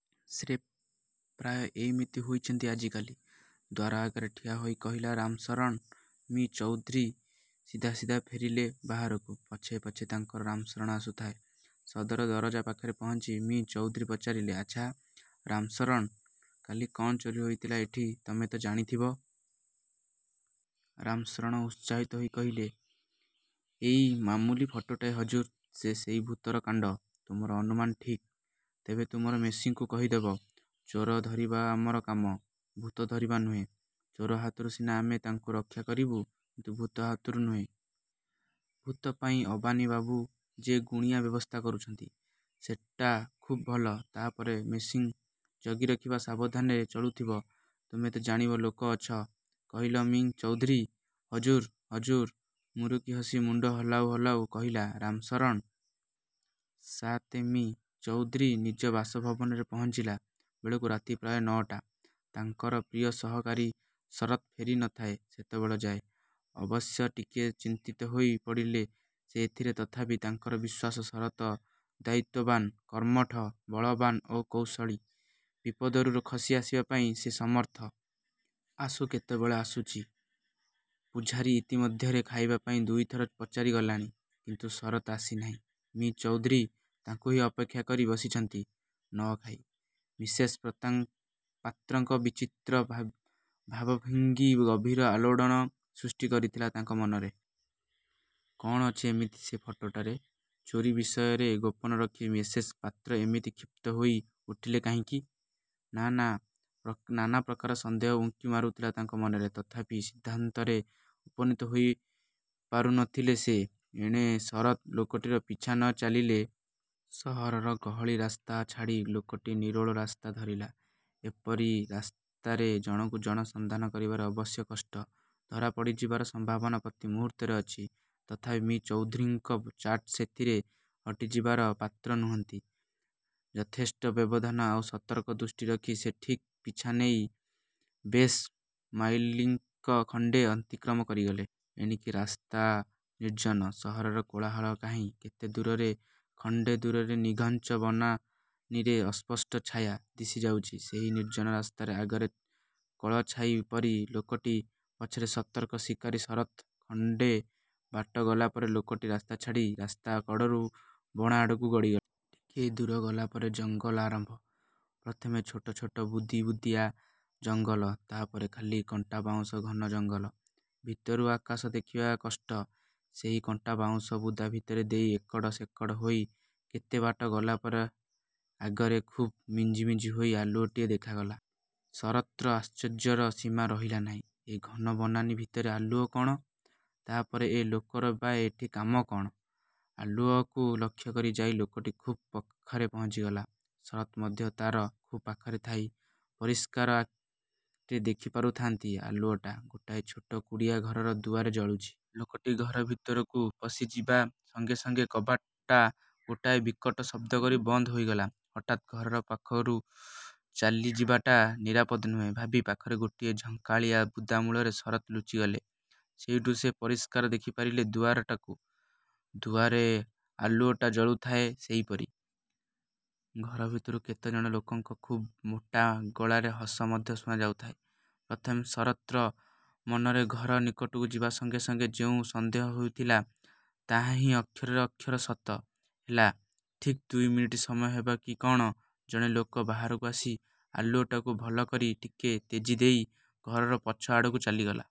ସେ ପ୍ରାୟ ଏଇମିତି ହେଉଛନ୍ତି ଆଜିକାଲି। '' ଦ୍ୱାର ଆଗରେ ଠିଆ ହୋଇ କହିଲା ରାମଶରଣ। ମି: ଚୌଧୁରୀ ସିଧା ସିଧା ଫେରିଲେ ବାହାରକୁ। ପଛେ ପଛେ ତାଙ୍କର ରାମଶରଣ ଆସୁଥାଏ। ସଦର ଦରଜା ପାଖରେ ପହଞ୍ଚି ମି: ଚୌଧୁରୀ ପଚାରିଲେ, ''ଆଚ୍ଛା, ରାମଶରଣ! କାଲି କ'ଣ ଚୋରୀ ହୋଇଥିଲା ଏଠି, ତୁମେ ତ ଜାଣିଥିବ? '' ରାମଶରଣ ଉତ୍ସାହିତ ହୋଇ କହିଲା-''ଏଇ ମାମୁଲି ଫଟୋଟାଏ ହଜୁର! ସେ ସେଇ ଭୂତର କାଣ୍ଡ। '' ''ତୁମର ଅନୁମାନ ଠିକ୍! ତେବେ ତୁମେ ମିସେସ୍ଙ୍କୁ କହିଦେବ ଚୋର ଧରିବା ଆମର କାମ, ଭୂତ ଧରିବା ନୁହେ। ଚୋର ହାତରୁ ସିନା ଆମେ ତାଙ୍କୁ ରକ୍ଷା କରିବୁ; କିନ୍ତୁ ଭୂତ ହାତରୁ ନୁହେଁ। ଭୂତ ପାଇଁ ଅବନୀବାବୁ ଯେ ଗୁଣିଆଁ ବ୍ୟବସ୍ଥା କରୁଛନ୍ତି, ସେଟା ଖୁବ୍ ଭଲ। ତା'ପରେ ମିସେସ୍ଙ୍କୁ ଜଗି ରଖି ସାବଧାନରେ ଚଳୁଥିବ। ତୁମେ ତ ଜାଣିବା ଲୋକ ଅଛ! '' କହିଲେ ମି: ଚୌଧୁରୀ। ''ହଜୁର, ହଜୁର''! ମୁରୁକି ହସି ମୁଣ୍ଡ ହଲାଉ ହଲାଉ କହିଲା ରାମଶରଣ। -ସାତ- ମି: ଚୌଧୁରୀ ନିଜ ବାସଭବନରେ ପହଞ୍ଚିଲା ବେଳକୁ ରାତି ପ୍ରାୟ ନଅଟା। ତାଙ୍କର ପ୍ରିୟ ସହକାରୀ ଶରତ୍ ଫେରି ନଥାଏ ସେତେବେଳଯାଏ। ଅବଶ୍ୟ ଟିକିଏ ଚିନ୍ତିତ ହୋଇ ପଡ଼ିଲେ ସେ ଏଥିରେ। ତଥାପି ତାଙ୍କର ବିଶ୍ୱାସ ଶରତ୍ ଦାୟିତ୍ୱବାନ, କର୍ମଠ, ବଳବାନ୍ ଓ କୌଶଳୀ; ବିପଦରୁ ଖସି ଆସିବା ପାଇଁ ସେ ସମର୍ଥ। ଆସୁ କେତେବେଳେ ଆସୁଛି! ପୁଝାରୀ ଇତି ମଧ୍ୟରେ ଖାଇବା ପାଇଁ ଦୁଇ ଥର ପଚାରି ଗଲାଣି; କିନ୍ତୁ ଶରତ୍ ଆସିନାହିଁ। ମି: ଚୌଧୁରୀ ତାଙ୍କୁ ହିଁ ଅପେକ୍ଷା କରି ବସିଛନ୍ତି-ନ ଖାଇ। ମିସେସ୍ ପାତ୍ରଙ୍କ ବିଚିତ୍ର ଭାବଭଙ୍ଗି ଗଭୀର ଆଲୋଡ଼ନ ସୃଷ୍ଟି କରିଥିଲା ତାଙ୍କ ମନରେ। କ'ଣ ଅଛି ଏମିତି ସେ ଫଟୋଟାରେ। ଚୋରୀ ବିଷୟ ଗୋପନରଖି ମିସେସ୍ ପାତ୍ର ଏମିତି କ୍ଷିପ୍ତ ହୋଇ ଉଠିଲେ କାହିଁକି-? ନାନା ପ୍ରକାର ସନ୍ଦେହ ଉଙ୍କି ମାରୁଥିଲା ତାଙ୍କ ମନରେ। ତଥାପି ସିଦ୍ଧାନ୍ତରେ ଉପନୀତ ହୋଇପାରୁ ନଥିଲେ ସେ। ଏଣେ ଶରତ୍ ଲୋକଟିର ପିଛା ନେଇ ଚାଲିଲେ। ସହରର ଗହଳି ରାସ୍ତା ଛାଡ଼ି ଲୋକଟି ନିରୋଳା ରାସ୍ତା ଧରିଲା। ଏପରି ରାସ୍ତାରେ ଜଣକୁ ଜଣେ ସନ୍ଧାନ କରିବା ଅବଶ୍ୟ କଷ୍ଟ-। ଧରାପଡ଼ିଯିବାର ସମ୍ଭାବନା ପ୍ରତି ମୁହୂର୍ତ୍ତରେ ଅଛି। ତଥାପି ମି: ଚୌଧୁରୀଙ୍କ ଚାଟ ସେଥିରେ ହଟିଯିବାର ପାତ୍ର ନୁହନ୍ତି। ଯଥେଷ୍ଟ ବ୍ୟବଧାନ ଆଉ ସତର୍କ ଦୃଷ୍ଟି ରଖି ସେ ଠିକ୍ ପିଛାନେଇ ବେଶ୍ ମାଇଲିଏ ଖଣ୍ଡେ ଅତିକ୍ରମ କରିଗଲେ। ଏଣିକି ରାସ୍ତା ନିର୍ଜନ। ସହରର କୋଳାହଳ କାହିଁ କେତେ ଦୂରରେ। ଖଣ୍ଡେ ଦୂରରେ ନିଘଞ୍ଚ ବନାନୀର ଅସ୍ପଷ୍ଟ ଛାୟା ଦିଶିଯାଉଛି। ସେହି ନିର୍ଜନ ରାସ୍ତାରେ ଆଗରେ କଳାଛାଇ ପରି ଲୋକଟି, ପଛରେ ସତର୍କ ଶିକାରୀ ଶରତ୍। ଖଣ୍ଡେ ବାଟ ଗଲାପରେ ଲୋକଟି ରାସ୍ତା ଛାଡ଼ି ରାସ୍ତା କଡ଼ରୁ ବଣ ଆଡ଼କୁ ଗଡ଼ିଲା। ଟିକିଏ ଦୂର ଗଲା ପରେ ଜଙ୍ଗଲ ଆରମ୍ଭ। ପ୍ରଥମେ ଛୋଟ ଛୋଟ ବୁଦି ବୁଦିଆ ଜଙ୍ଗଲ। ତା'ପରେ ଖାଲି କଣ୍ଟାବାଉଁଶର ଘନ ଜଙ୍ଗଲ। ଭିତରୁ ଆକାଶ ଦେଖିବା କଷ୍ଟ। ସେହି କଣ୍ଟାବାଉଁଶ ବୁଦା ଭିତର ଦେଇ ଏକଡ଼ ସେକଡ଼ ହୋଇ କେତେବାଟ ଗଲାପରେ ଆଗରେ ଖୁବ୍ ମିଞ୍ଜିମିଞ୍ଜି ହୋଇ ଆଲୁଅଟିଏ ଦେଖାଗଲା। ଶରତ୍ର ଆଶ୍ଚର୍ଯ୍ୟର ସୀମା ରହିଲା ନାହିଁ। ଏ ଘନ ବନାନୀ ଭିତରେ ଆଲୁଅ କ'ଣ, ତା'ପରେ ଏ ଲୋକର ବା ଏଠି କାମ କ'ଣ? ଆଲୁଅକୁ ଲକ୍ଷ୍ୟ କରି ଯାଇ ଲୋକଟି ଖୁବ୍ ପାଖରେ ପହଞ୍ଚିଗଲା। ଶରତ୍ ମଧ୍ୟ ତା'ର ଖୁବ୍ ପାଖରେ ଥାଇ ପରିଷ୍କାର ଦେଖି ପାରୁଥାନ୍ତି, ଆଲୁଅଟା ଗୋଟାଏ ଛୋଟ କୁଡ଼ିଆ ଘର ଦୁଆରେ ଜଳୁଛି। ଲୋକଟି ଘର ଭିତରକୁ ପଶିଯିବା ସଙ୍ଗେ ସଙ୍ଗେ କବାଟଟା ଗୋଟାଏ ବିକଟ ଶବ୍ଦ କରି ବନ୍ଦ ହୋଇଗଲା। ହଠାତ୍ ଘରର ପାଖକୁ ଚାଲିଯିବାଟା ନିରାପଦ ନୁହେଁ ଭାବି ପାଖରେ ଗୋଟାଏ ଝଙ୍କାଳିଆ ବୁଦା ମୂଳରେ ଶରତ୍ ଲୁଚିଗଲେ। ସେଇଠୁ ସେ ପରିଷ୍କାର ଦେଖିପାରିଲେ ଦୁଆରଟାକୁ-। ଦୁଆରେ ଆଲୁଅଟା ଜଳୁଥାଏ ସେଇପରି। ଘର ଭିତରୁ କେତେଜଣ ଲୋକଙ୍କର ଖୁବ୍ ମୋଟା ଗଳାରେ ହସ ମଧ୍ୟ ଶୁଣାଯାଉଥାଏ। ପ୍ରଥମେ ଶରତ୍ର ମନରେ ଘର ନିକଟକୁ ଯିବା ସଙ୍ଗେ ସଙ୍ଗେ ଯେଉଁ ସନ୍ଦେହ ହେଉଥିଲା, ତାହାହିଁ ଅକ୍ଷରରେ ଅକ୍ଷର ସତ ହେଲା। ଠିକ୍ ଦୁଇମିନିଟ୍ ସମୟ ହେବ କି କ'ଣ, ଜଣେ ଲୋକ ବାହାରକୁ ଆସି ଆଲୁଅଟାକୁ ଭଲ କରି ଟିକେ ତେଜି ଦେଇ ଘରର ପଛ ଆଡ଼କୁ ଚାଲିଗଲା।